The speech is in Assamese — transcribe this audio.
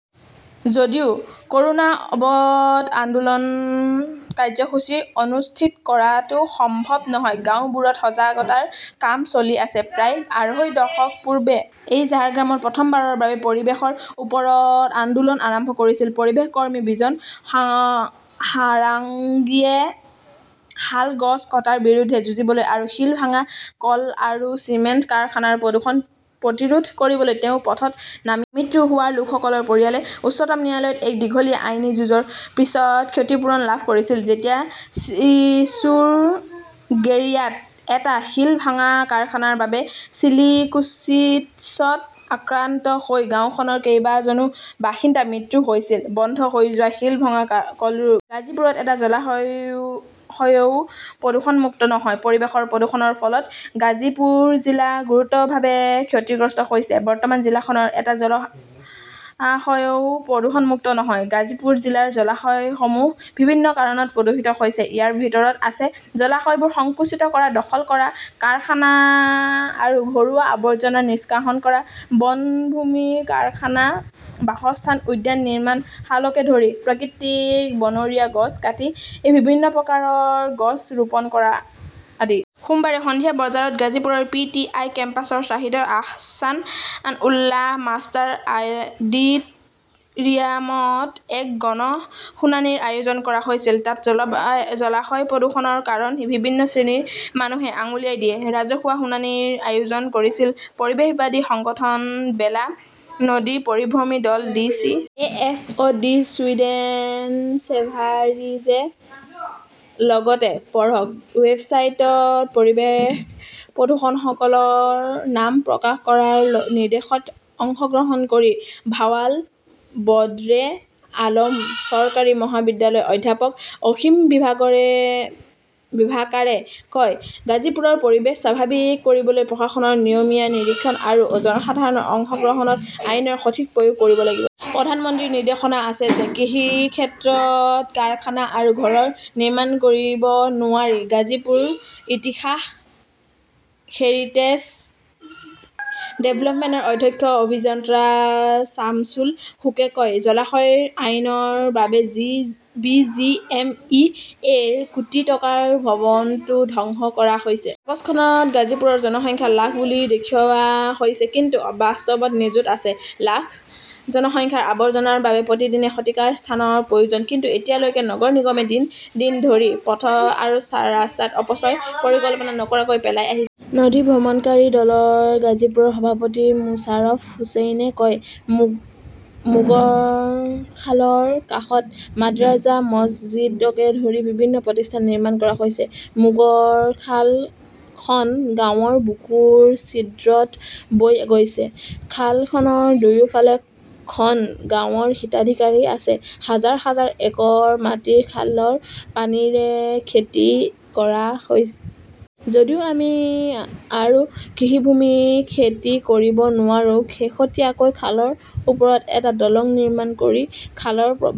যদিও ক "ৰোনা অৱত আন্দোলন কাৰ্যসূচী অনুষ্ঠিত কৰাটো সম্ভৱ নহয়, গাওঁবোৰত সজাগতাৰ কাম চলি আছে। "প্ৰায় আঢ়ৈ দশক পূৰ্বে এই ঝাৰগ্ৰামত প্ৰথমবাৰৰ বাবে পৰিৱেশৰ ওপৰত আন্দোলন আৰম্ভ কৰিছিল পৰিৱেশ কৰ্মী বিজন সাৰাংগীয়ে। শাল গছ কটাৰ বিৰুদ্ধে যুঁজিবলৈ আৰু শিল ভাঙা কল আৰু চিমেণ্ট কাৰখানাৰ প্ৰদূষণ প্ৰতিৰোধ কৰিবলৈ তেওঁ পথত নামি আহিছিল। মৃত্যু হোৱা লোকসকলৰ পৰিয়ালে উচ্চতম ন্যায়ালয়ত এক দীঘলীয়া আইনী যুঁজৰ পিছত ক্ষতিপূৰণ লাভ কৰিছিল যেতিয়া ছিচুৰগেডিয়াত এটা শিল ভাঙা কাৰখানাৰ বাবে চিলিকোচিছত আক্ৰান্ত হৈ গাওঁখনৰ কেইবাজনো বাসিন্দাৰ মৃত্যু হৈছিল। বন্ধ হৈ যোৱা শিল ভাঙা কলবোৰ। গাজীপুৰত এটা জলাশয়ও প্ৰদূষণমুক্ত নহয়। পৰিৱেশৰ প্ৰদূষণৰ ফলত গাজীপুৰ জিলা গুৰুতৰভাৱে ক্ষতিগ্ৰস্ত হৈছে। বৰ্তমান জিলাখনৰ এটা জলাশয়ও প্ৰদূষণমুক্ত নহয়। গাজীপুৰ জিলাৰ জলাশয়সমূহ বিভিন্ন কাৰণত প্ৰদূষিত হৈছে। ইয়াৰ ভিতৰত আছে জলাশয়বোৰ সংকুচিত কৰা, দখল কৰা, কাৰখানা আৰু ঘৰুৱা আৱৰ্জনা নিষ্কাশন কৰা, বনভূমিত কাৰখানা, বাসস্থান, উদ্যান নিৰ্মাণ, শালকে ধৰি প্ৰাকৃতিক বনৰীয়া গছ কাটি বিভিন্ন প্ৰকাৰৰ গছ ৰোপণ কৰা আদি। সোমবাৰে সন্ধিয়া বজাত গাজীপুৰৰ পি. টি. আই. কেম্পাছৰ শ্বাহিদ আহছান উল্লা মাষ্টাৰ অডিট "ৰিয়ামত এক গণ শুনানিৰ আয়োজন কৰা হৈছিল। তাত জলাশয় প্ৰদূষণৰ কাৰণ বিভিন্ন শ্ৰেণীৰ মানুহে আঙুলিয়াই দিয়ে। ৰাজহুৱা শুনানিৰ আয়োজন কৰিছিল পৰিৱেশবাদী সংগঠন বেলা, নদী পৰিভ্ৰমী দল, C. A. F. O '. D., Sweden ছেভাৰিজে। লগতে পঢ়কঃ ৱেবছাইটত পৰিৱেশ প্ৰদূষকসকলৰ নাম প্ৰকাশ কৰাৰ নিৰ্দেশত অংশগ্ৰহণ কৰি ভাৱাল বদৰে আলম চৰকাৰী মহাবিদ্যালয়ৰ অধ্যাপক অসীম বিভাকাৰে কয়, "গাজীপুৰৰ পৰিৱেশ স্বাভাৱিক কৰিবলৈ প্ৰশাসনৰ নিয়মীয়া নিৰীক্ষণ আৰু জনসাধাৰণৰ অংশগ্ৰহণত আইনৰ সঠিক প্ৰয়োগ কৰিব লাগিব। প্ৰধানমন্ত্ৰীৰ নিৰ্দেশনা আছে যে কৃষিক্ষেত্ৰত কাৰখানা আৰু ঘৰ নিৰ্মাণ কৰিব নোৱাৰি। "গাজীপুৰ ইতিহাস হেৰিটেজ ডেভেলপমেণ্টৰ অধ্যক্ষ অভিযন্তা শামছুল হুকে কয়", জলাশয় আইনৰ বাবে B. G. M. E. A. -ৰ কোটি টকাৰ ভৱনটো ধ্বংস কৰা হৈছে। কাগজখনত গাজীপুৰৰ জনসংখ্যা লাখ বুলি দেখুওৱা হৈছে। কিন্তু বাস্তৱত নিযুত আছে। লাখ জনসংখ্যাৰ আৱৰ্জনাৰ বাবে প্ৰতিদিনে শতিকাৰ স্থানৰ প্ৰয়োজন। কিন্তু এতিয়ালৈকে নগৰ নিগমে দিন দিন ধৰি পথ আৰু ৰাস্তাত অপচয়ৰ পৰিকল্পনা নকৰাকৈ পেলাই আহিছে। "নদী ভ্ৰমণকাৰী দলৰ গাজীপুৰৰ সভাপতি মোছাৰফ হুচেইনে কয়", "মোগৰখালৰ কাষত মাদ্ৰাজা-মছজিদকে ধৰি বিভিন্ন প্ৰতিষ্ঠান নিৰ্মাণ কৰা হৈছে। " মোগৰখাল খন গাঁৱৰ বুকুৰ ছিদ্ৰত বৈ গৈছে। খালখনৰ দুয়োফালে খন গাঁৱৰ হিতাধিকাৰী আছে। হাজাৰ হাজাৰ একৰ মাটি খালৰ পানীৰে খেতি কৰা হয়। যদিও আমি আৰু কৃষিভূমি খেতি কৰিব নোৱাৰো। শেহতীয়াকৈ খালৰ ওপৰত এটা দলং নিৰ্মাণ কৰি খালৰ প্ৰৱাহ